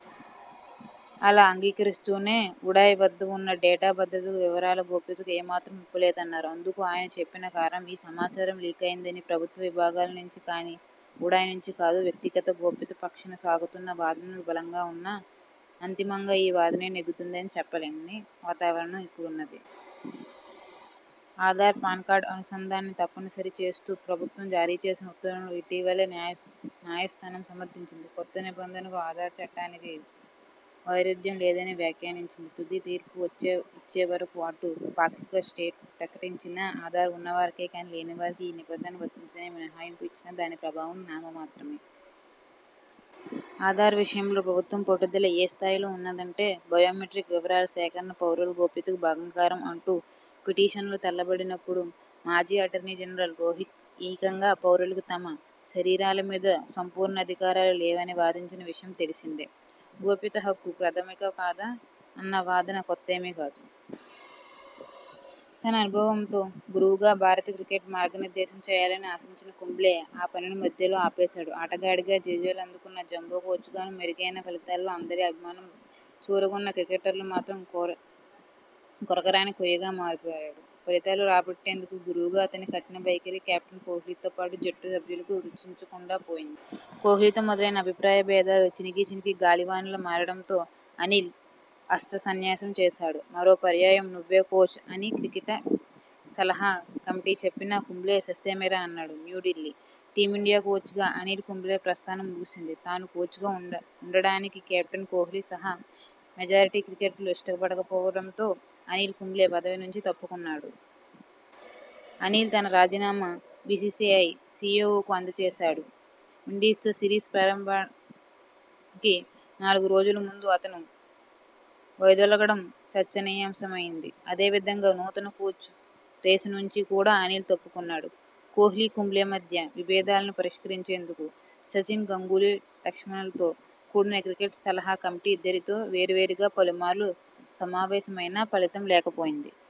అలా, అంగీకరిస్తూనే ఉడాయ్ వద్ద ఉన్న డేటా భద్రతకు, వివరాల గోప్యతకు ఏమాత్రం ముప్పులేదన్నారు. అందుకు ఆయన చెప్పిన కారణం, ఈ సమాచారం లీకైనది ప్రభుత్వ విభాగాలనుంచే కానీ, ఉడాయ్ నుంచి కాదు. వ్యక్తిగత గోప్యత పక్షాన సాగుతున్న వాదనలు బలంగానే ఉన్నా, అంతిమంగా ఈ వాదనే నెగ్గుతుందని చెప్పలేని వాతావరణం ఇప్పుడున్నది. ఆధార్–పాన్కార్డు అనుసంధానాన్ని తప్పనిసరి చేస్తూ ప్రభుత్వం జారీ చేసిన ఉత్తర్వులను ఇటీవలే న్యాయస్థానం సమర్థించింది. కొత్త నిబంధనకు, ఆధార్ చట్టానికీ వైరుధ్యంలేదని వ్యాఖ్యానించింది. తుది తీర్పు ఇచ్చేవరకూ అంటూ పాక్షిక స్టే ప్రకటించినా, ఆధార్ ఉన్నవారికే కానీ, లేనివారికి ఈ నిబంధన వర్తించదని మినహాయింపు ఇచ్చినా దాని ప్రభావం నామమాత్రమే. ఆధార్ విషయంలో ప్రభుత్వం పట్టుదల ఏ స్థాయిలో ఉన్నదంటే, బయోమెట్రిక్ వివరాల సేకరణ పౌరుల గోప్యతకు భంగకరం అంటూ పిటిషనర్లు తలబడినప్పుడు మాజీ అటార్నీ జనరల్ రొహిత్గీ ఏకంగా పౌరులకు తమ శరీరాలమీద సంపూర్ణాధికారాలు లేవని వాదించిన విషయం తెలిసిందే. గోప్యత హక్కు ప్రాథమికమా కాదా అన్న వాదన కొత్తదేమీ కాదు. తన అనుభవంతో గురువుగా భారత క్రికెట్కు మార్గనిర్దేశం చేయాలని ఆశించిన కుంబ్లే ఆ పనిని మధ్యలోనే ఆపేశాడు! ఆటగాడిగా జేజేలు అందుకున్న జంబో కోచ్గానూ మెరుగైన ఫలితాలతో అందరి అభిమానం చూరగొన్నా క్రికెటర్లకు మాత్రం కొరకరాని కొయ్యగా మారిపోయాడు! ఫలితాలు రాబట్టేందుకు గురువుగా అతని కఠిన వైఖరి కెప్టెన్ కోహ్లీతో పాటు జట్టు సభ్యులకు రుచించకుండా పోయింది! కోహ్లీతో మొదలైన అభిప్రాయ భేదాలు చినికిచినికి గాలివానలా మారడంతో అనిల్ అస్త్రసన్యాసం చేశాడు. 'మరో పర్యాయం నువ్వే కోచ్' అని క్రికెట్ సలహా కమిటీ చెప్పినా కుంబ్లే ససేమిరా అన్నాడు. న్యూఢిల్లీ: టీమిండియా కోచ్గా అనిల్ కుంబ్లే ప్రస్థానం ముగిసింది. తాను కోచ్గా ఉండడాన్ని కెప్టెన్ కోహ్లీ సహా మెజారిటీ క్రికెటర్లు ఇష్టపడకపోవడంతో అనిల్ కుంబ్లే పదవి నుంచి తప్పుకున్నాడు. అనిల్ తన రాజీనామాను బీసీసీఐ సీఈవోకు అందజేశాడు. విండీ్సతో సిరీస్ ప్రారంభానికి నాలుగు రోజుల ముందు అతను వైదొలగడం చర్చనీయాంశమైంది. అదే విధంగా నూతన కోచ్ రేసు నుంచి కూడా అనిల్ తప్పుకొన్నాడు. కోహ్లీ-కుంబ్లే మధ్య విభేదాల్ని పరిష్కరించేం దుకు సచిన్, గంగూలీ, లక్ష్మణ్లతో కూడిన క్రికెట్ సలహా కమిటీ ఇద్దరితో వేర్వేరుగా పలుమార్లు సమావేశమైనా ఫలితం లేకపోయింది.